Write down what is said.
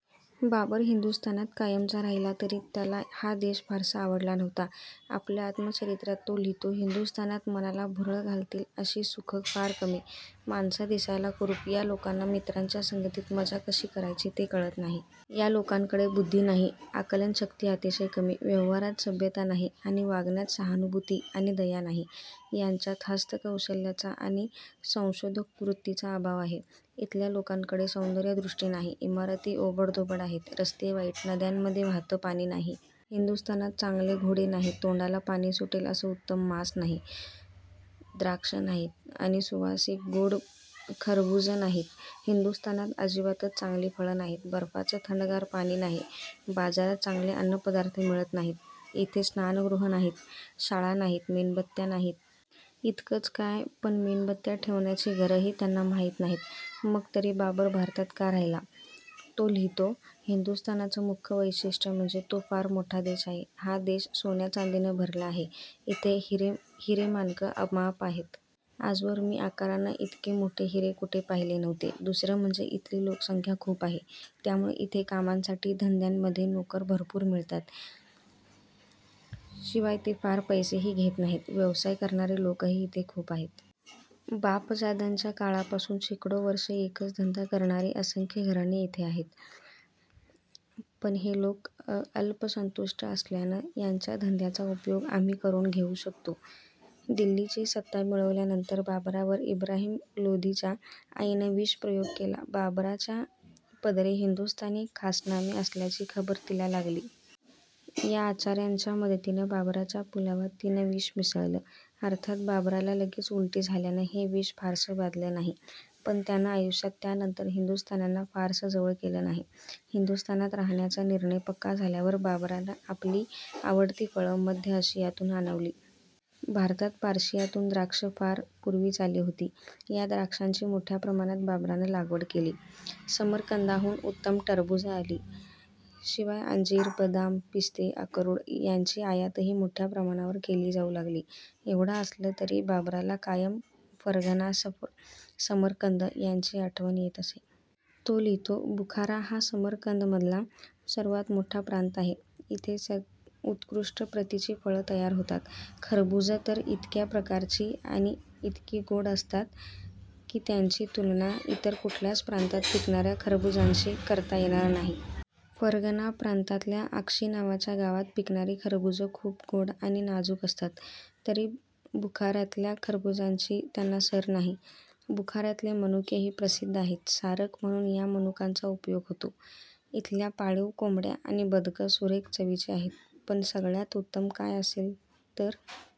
बाबर हिंदुस्थानात कायमचा राहिला तरी त्याला हा देश फारसा आवडला नव्हता. आपल्या आत्मचरित्रात तो लिहितो, हिंदुस्थानात मनाला भुरळ घालतील अशी सुखं फार कमी. माणसं दिसायला कुरूप. या लोकांना मित्रांच्या संगतीत मजा कशी करायची ते कळत नाही. या लोकांकडे बुद्धी नाही, आकलनशक्ती अतिशय कमी, व्यवहारांत सभ्यता नाही, आणि वागण्यात सहानुभूती आणि दया नाही. यांच्यात हस्तकौशल्याचा आणि संशोधकवृत्तीचा अभाव आहे. इथल्या लोकांकडे सौंदर्यदृष्टी नाही. इमारती ओबडधोबड आहेत. रस्ते वाईट, नद्यांमध्ये वाहतं पाणी नाही. हिंदुस्थानात चांगले घोडे नाहीत, तोंडाला पाणी सुटेल असं उत्तम मांस नाही, द्राक्षं नाहीत आणि सुवासिक, गोड खरबुजं नाहीत. हिंदुस्थानात अजिबातच चांगली फळं नाहीत. बर्फाचं थंडगार पाणी नाही. बाजारात चांगले अन्नपदार्थ मिळत नाहीत. इथे स्नानगृहं नाहीत, शाळा नाहीत, मेणबत्त्या नाहीत. इतकंच काय, पण मेणबत्त्या ठेवण्याची घरंही यांना माहीत नाहीत. मग तरी बाबर भारतात का राहिला? तो लिहितो, हिंदुस्थानाचं मुख्य वैशिष्ट्य म्हणजे तो फार मोठा देश आहे. हा देश सोन्याचांदीनं भरला आहे. इथे हिरेमाणकं अमाप आहेत. आजवर मी आकारानं इतके मोठे हिरे कुठे पाहिले नव्हते. दुसरं म्हणजे इथली लोकसंख्या खूप आहे. त्यामुळे इथे कामांसाठी, धंद्यांमध्ये नोकर भरपूर मिळतात. शिवाय ते फार पैसेही घेत नाहीत. व्यवसाय करणारे लोकही इथे खूप आहेत. बापजाद्यांच्या काळापासून शेकडो वर्षं एकच धंदा करणारी असंख्य घराणी इथे आहेत. पण हे लोक अल्पसंतुष्ट असल्यानं यांच्या धंद्यांचा उपयोग आम्ही करून घेऊ शकतो. दिल्लीची सत्ता मिळवल्यानंतर बाबरावर इब्राहिम लोधीच्या आईनं विषप्रयोग केला. बाबराच्या पदरी हिंदुस्थानी खानसामे असल्याची खबर तिला लागली. या आचाऱ्यांच्या मदतीनं बाबराच्या पुलावात तिनं विष मिसळलं. अर्थात बाबराला लगेच उलटी झाल्यानं हे विष फारसं बाधलं नाही, पण त्यानं आयुष्यात त्यानंतर हिंदुस्थान्यांना फारसं जवळ केलं नाही. हिंदुस्थानात राहण्याचा निर्णय पक्का झाल्यावर बाबरानं आपली आवडती फळं मध्य आशियातून आणवली. भारतात पर्शियातून द्राक्षं फार पूर्वीच आली होती. या द्राक्षांची मोठ्या प्रमाणात बाबरानं लागवड केली. समरकंदाहून उत्तम टरबुजं आली. शिवाय अंजीर, बदाम, पिस्ते, अक्रोड यांची आयातही मोठ्या प्रमाणावर केली जाऊ लागली. एवढं असलं तरी बाबराला कायम फरघना, समरकंद यांची आठवण येत असे. तो लिहितो, बुखारा हा समरकंदमधला सर्वांत मोठा प्रांत आहे. इथे उत्कृष्ट प्रतीची फळं तयार होतात. खरबुजं तर इतक्या प्रकारची आणि इतकी गोड असतात की त्यांची तुलना इतर कुठल्याच प्रांतात पिकणाऱ्या खरबुजांशी करता येणार नाही. फरघना प्रांतातल्या अक्षी नावाच्या गावात पिकणारी खरबुजं खूप गोड आणि नाजूक असतात, तरी बुखाऱ्यातल्या खरबुजांची त्यांना सर नाही. बुखाऱ्यातले मनुकेही प्रसिद्ध आहेत. सारक म्हणून या मनुकांचा उपयोग होतो. इथल्या पाळीव कोंबड्या आणि बदकं सुरेख चवीची आहेत. पण सगळ्यांत उत्तम काय असेल तर